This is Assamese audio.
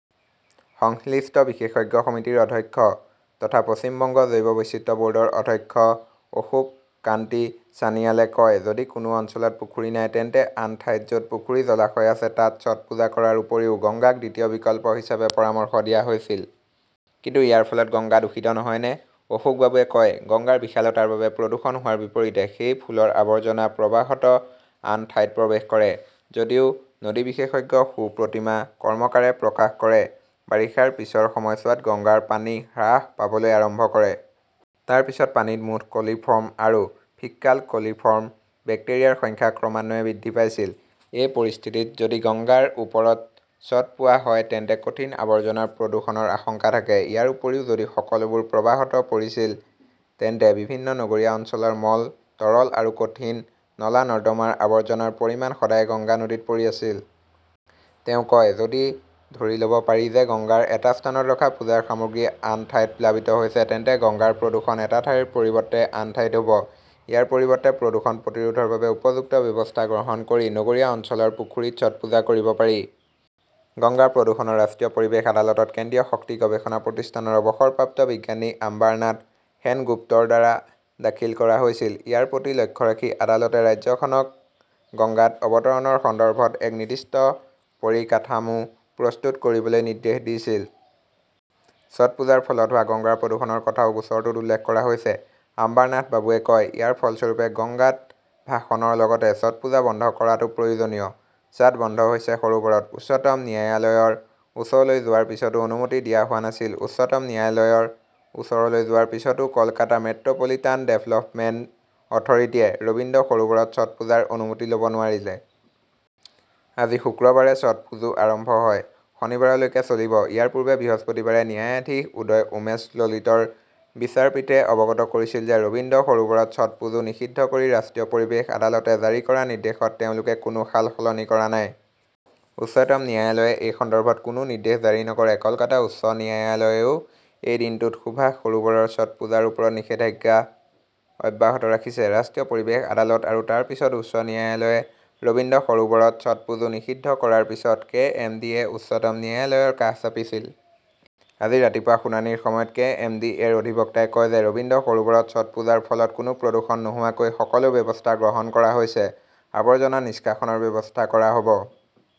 সংশ্লিষ্ট বিশেষজ্ঞ সমিতিৰ অধ্যক্ষ তথা পশ্চিম বংগ জৈৱ বৈচিত্ৰ্য বৰ্ডৰ অধ্যক্ষ অশোককান্তি ছানিয়ালে কয়, যদি কোনো অঞ্চলত পুখুৰী নাই, তেন্তে আন ঠাইত যত পুখুৰী-জলাশয় আছে তাত ছট পূজা কৰাৰ উপৰিও গংগাক দ্বিতীয় বিকল্প হিচাপে পৰামৰ্শ দিয়া হৈছিল। কিন্তু ইয়াৰ ফলত গংগা দূষিত নহয়নে? অশোকবাবুৱে কয়, গংগাৰ বিশালতাৰ বাবে প্ৰদূষণ হোৱাৰ বিপৰীতে, সেই ফুলৰ আৱৰ্জনা প্ৰবাহত আন ঠাইত প্ৰৱেশ কৰে। যদিও নদী বিশেষজ্ঞ সুপ্ৰতীমা কৰ্মকাৰে প্ৰকাশ কৰে, বাৰিষাৰ পিছৰ সময়ছোৱাত গংগাৰ পানী হ্ৰাস পাবলৈ আৰম্ভ কৰে। তাৰ পিছত পানীত মুঠ কলিফৰ্ম আৰু ফিক্কাল কলিফৰ্ম বেক্টেৰিয়াৰ সংখ্যা ক্ৰমান্বয়ে বৃদ্ধি পাইছিল। এই পৰিস্থিতিত যদি গংগাৰ ওপৰত ছটপোৱা হয় তেন্তে কঠিন আৱৰ্জনাৰ প্ৰদূষণৰ আশংকা থাকে। ইয়াৰ উপৰিও, যদি সকলোবোৰ প্ৰবাহত পৰিছিল, তেন্তে বিভিন্ন নগৰীয়া অঞ্চলৰ মল, তৰল আৰু কঠিন নলা-নৰ্দমাৰ আৱৰ্জনাৰ পৰিমাণ সদায় গংগা নদীত পৰি আছিল! তেওঁ কয়, যদি ধৰি লব পাৰি যে গংগাৰ এটা স্থানত ৰখা পূজাৰ সামগ্ৰী আন ঠাইত প্লাবিত হৈছে, তেন্তে গংগাৰ প্ৰদূষণ এটা ঠাইৰ পৰিৱৰ্তে আন ঠাইত হব। ইয়াৰ পৰিৱৰ্তে, প্ৰদূষণ প্ৰতিৰোধৰ বাবে উপযুক্ত ব্যৱস্থা গ্ৰহণ কৰি নগৰীয়া অঞ্চলৰ পুখুৰীত ছটপুজা কৰিব পাৰি। গংগা প্ৰদূষণৰ ৰাষ্ট্ৰীয় পৰিৱেশ আদালতত কেন্দ্ৰীয় শক্তি গৱেষণা প্ৰতিষ্ঠানৰ অৱসৰপ্ৰাপ্ত বিজ্ঞানী আম্বাৰনাথ সেনগুপ্তৰ দ্বাৰা দাখিল কৰা হৈছিল। ইয়াৰ প্ৰতি লক্ষ্য ৰাখি আদালতে ৰাজ্যখনক গঙ্গাত অৱতৰণৰ সন্দৰ্ভত এক নিৰ্দিষ্ট পৰিকাঠামো প্ৰস্তুত কৰিবলৈ নিৰ্দেশ দিছিল। ছটপূজাৰ ফলত হোৱা গংগা প্ৰদূষণৰ কথাও গোচৰটোত উল্লেখ কৰা হৈছে, আম্বাৰনাথবাবুৱে কয়। ইয়াৰ ফলস্বৰূপে, গঙ্গাত ভাসনৰ লগতে ছটপূজা বন্ধ কৰাটো প্ৰয়োজনীয়। ছাট বন্ধ হৈছে সৰোবৰত, উচ্চতম ন্যায়ালয়ৰ ওচৰলৈ যোৱাৰ পিছতো অনুমতি দিয়া হোৱা নাছিল উচ্চতম ন্যায়ালয়ৰ ওচৰলৈ যোৱাৰ পিছতো Kolkata 'metropolitan development authority -য়ে ৰবীন্দ্ৰ সৰোবৰত ছটপূজাৰ অনুমতি ল' ব নোৱাৰিলে। আজি শুক্ৰবাৰে ছটপুজো আৰম্ভ হয়। শনিবাৰলৈকে চলিব। ইয়াৰ পূৰ্বে বৃহস্পতিবাৰে ন্যায়াধীশ উদয় উমেশ ললিতৰ বিচাৰপীঠে অৱগত কৰিছিল যে ৰবীন্দ্ৰ সৰোবৰত ছটপুজো নিষিদ্ধ কৰি ৰাষ্ট্ৰীয় পৰিৱেশ আদালতে জাৰি কৰা নিৰ্দেশত তেওঁলোকে কোনো সালসলনি কৰা নাই। উচ্চতম ন্যায়ালয়েও এই সন্দৰ্ভত কোনো নিৰ্দেশ জাৰি নকৰে। কলকাতা উচ্চ ন্যায়ালয়েও এই দিনটোত সুভাষ সৰোবৰত ছটপুজাৰ ওপৰত নিষেধাজ্ঞা অব্যাহত ৰাখিছে। ৰাষ্ট্ৰীয় পৰিৱেশ আদালত আৰু তাৰ পিছত উচ্চ ন্যায়ালয়ে ৰবীন্দ্ৰ সৰোবৰত ছটপুজো নিষিদ্ধ কৰাৰ পিছত কেএমডিএ-য়ে উচ্চতম ন্যায়ালয়ৰ কাষ চাপিছিল। আজি ৰাতিপুৱা শুনানিৰ সময়ত কে. এম. ডি. এ. -ৰ অধিবক্তাই কয় যে ৰবীন্দ্ৰ সৰোবৰত ছটপুজাৰ ফলত কোনো প্ৰদূষণ নোহোৱাকৈ সকলো ব্যৱস্থা গ্ৰহণ কৰা হৈছে। আৱৰ্জনা নিষ্কাশনৰ ব্যৱস্থা কৰা হব।